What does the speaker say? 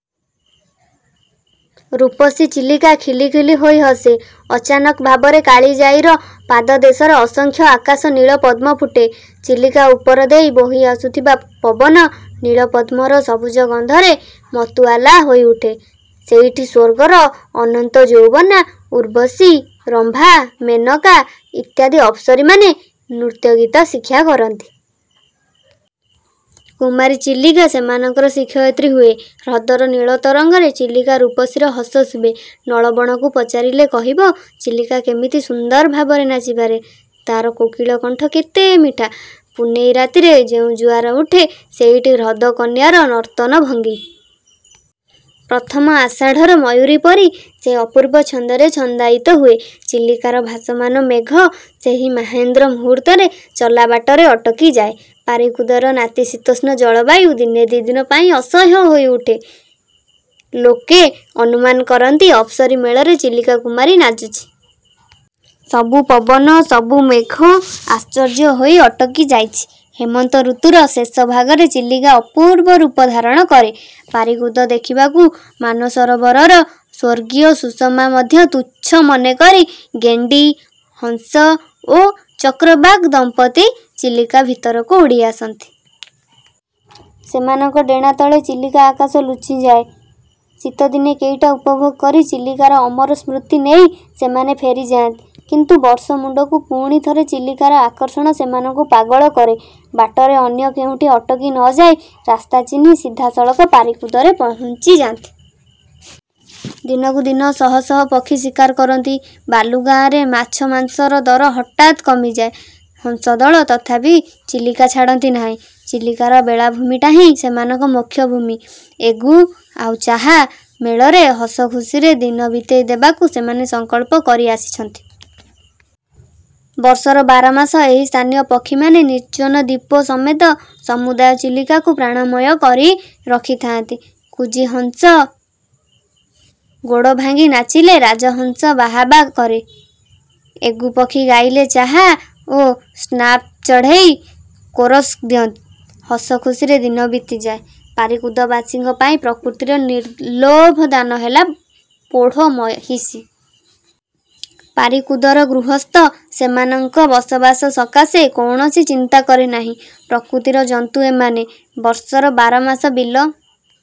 ରୂପସୀ ଚିଲିକା ଖିଲି ଖିଲି ହୋଇ ହସେ। ଅଚାନକ ଭାବରେ କାଳିଜାଈର ପାଦଦେଶରେ ଅସଂଖ୍ୟ ଆକାଶ-ନୀଳ-ପଦ୍ମ ଫୁଟେ। ଚିଲିକା ଉପର ଦେଇ ବୋହିଆସୁଥିବା ପବନ, ନୀଳପଦ୍ମର ସବୁଜ ଗନ୍ଧରେ ମତୁଆଲା ହୋଇ ଉଠେ। ସେଇଠି ସ୍ୱର୍ଗର ଅନନ୍ତ ଯୌବନା ଉର୍ବଶୀ, ରମ୍ଭା, ମେନକା ଇତ୍ୟାଦି ଅପ୍ସରୀମାନେ ନୃତ୍ୟଗୀତ ଶିକ୍ଷା କରନ୍ତି। କୁମାରୀ ଚିଲିକା ସେମାନଙ୍କର ଶିକ୍ଷୟିତ୍ରୀ ହୁଏ। ହ୍ରଦର ନୀଳ ତରଙ୍ଗରେ ଚିଲିକା ରୂପସୀର ହସ ଶୁଭେ। ନଳବଣକୁ ପଚାରିଲେ କହିବ, ଚିଲିକା କେମିତି ସୁନ୍ଦର ଭାବରେ ନାଚିପାରେ। ତାର କୋକିଳ-କଣ୍ଠ କେତେ ମିଠା! ପୂନେଇ ରାତିରେ ଯେଉଁ ଜୁଆର ଉଠେ, ସେଇଟି ହ୍ରଦ-କନ୍ୟାର ନର୍ତ୍ତନ ଭଙ୍ଗୀ। ପ୍ରଥମ ଆଷାଢ଼ର ମୟୂରୀ ପରି ସେ ଅପୂର୍ବ ଛନ୍ଦରେ ଛନ୍ଦାୟିତ ହୁଏ। ଚିଲିକାର ଭାସମାନ ମେଘ ସେହି ମାହେନ୍ଦ୍ର ମୂହୂର୍ତ୍ତରେ ଚଲାବାଟରେ ଅଟକି ଯାଏ। ପାରିକୁଦର ନାତିଶୀତୋଷ୍ଣ ଜଳବାୟୁ ଦିନେ ଦି'ଦିନ ପାଇଁ ଅସହ୍ୟ ହୋଇ ଉଠେ। ଲୋକେ ଅନୁମାନ କରନ୍ତି, ଅପ୍ସରୀ ମେଳରେ ଚିଲିକା-କୁମାରୀ ନାଚୁଛି। ସବୁ ପବନ, ସବୁ ମେଘ ଆଶ୍ଚର୍ଯ୍ୟ ହୋଇ ଅଟକି ଯାଇଛି। ହେମନ୍ତ ଋତୁର ଶେଷ ଭାଗରେ ଚିଲିକା ଅପୂର୍ବ ରୂପ ଧାରଣ କରେ। ପାରିକୁଦ ଦେଖିବାକୁ, ମାନସରୋବରର ସ୍ୱର୍ଗୀୟ ସୁଷମାକୁ ମଧ୍ୟ ତୁଚ୍ଛ ମନେ କରି ଗେଣ୍ଡି, ହଂସ ଓ ଚକ୍ରବାକ ଦମ୍ପତ୍ତି ଚିଲିକା ଭିତରକୁ ଉଡ଼ି ଆସନ୍ତି। ସେମାନଙ୍କ ଡେଣା ତଳେ ଚିଲିକା ଆକାଶ ଲୁଚିଯାଏ। ଶୀତଦିନ କେଇଟା ଉପଭୋଗ କରି ଚିଲିକାର ଅମର ସ୍ମୃତି ନେଇ ସେମାନେ ଫେରି ଯାଆନ୍ତି। କିନ୍ତୁ ବର୍ଷ ମୁଣ୍ଡକୁ ପୁଣି ଥରେ ଚିଲିକାର ଆକର୍ଷଣ ସେମାନଙ୍କୁ ପାଗଳ କରେ। ବାଟରେ ଅନ୍ୟ କେଉଁଠି ଅଟକି ନ ଯାଇ ରାସ୍ତା ଚିହ୍ନି ସିଧାସଳଖ ପାରିକୁଦରେ ପହୁଞ୍ଚିଯାନ୍ତି। ଦିନକୁ ଶହ ଶହ ପକ୍ଷୀ ଶିକାର କରନ୍ତି-। ବାଲୁଗାଁରେ ମାଛ ମାଂସର ଦର ହଠାତ୍ କମିଯାଏ। ହଂସଦଳ ତଥାପି ଚିଲିକା ଛାଡ଼ନ୍ତି ନାହିଁ। ଚିଲିକାର ବେଳାଭୂମିଟାହିଁ ସେମାନଙ୍କ ମୋକ୍ଷଭୂମି। 'ଏଗୁ' ଆଉ 'ଚାହା' ମେଳରେ ହସ ଖୁସିରେ ଦିନ ବିତେଇ ଦେବାକୁ ସେମାନେ ସଂକଳ୍ପ କରି ଆସିଛନ୍ତି। ବର୍ଷର ବାରମାସ ଏହି ସ୍ଥାନୀୟ ପକ୍ଷୀମାନେ ନିର୍ଜନ ଦ୍ୱୀପ ସମେତ ସମୁଦାୟ ଚିଲିକାକୁ ପ୍ରାଣମୟ କରି ରଖିଥାଆନ୍ତି। କୁଜୀ ହଂସ ଗୋଡ଼ ଭାଙ୍ଗି ନାଚିଲେ ରାଜହଂସ ବାହାବା କରେ। ଏଗୁପକ୍ଷୀ ଗାଇଲେ ଚାହା ଓ ସ୍ନାପ୍ଚଢ଼େଇ କୋରସ୍ ଦିଅନ୍ତି। ହସ ଖୁସିରେ ଦିନ ବିତିଯାଏ। ପାରିକୁଦବାସୀଙ୍କ ପାଇଁ ପ୍ରକୃତିର ନିର୍ଲୋଭ ଦାନ ହେଲା ପୋଢ଼ ମହିଷୀ। ପାରିକୁଦର ଗୃହସ୍ଥ ସେମାନଙ୍କ ବସବାସ ସକାଶେ କୌଣସି ଚିନ୍ତା କରେନାହିଁ। ପ୍ରକୃତିର ଜନ୍ତୁ ଏମାନେ। ବର୍ଷର ବାରମାସ ବିଲ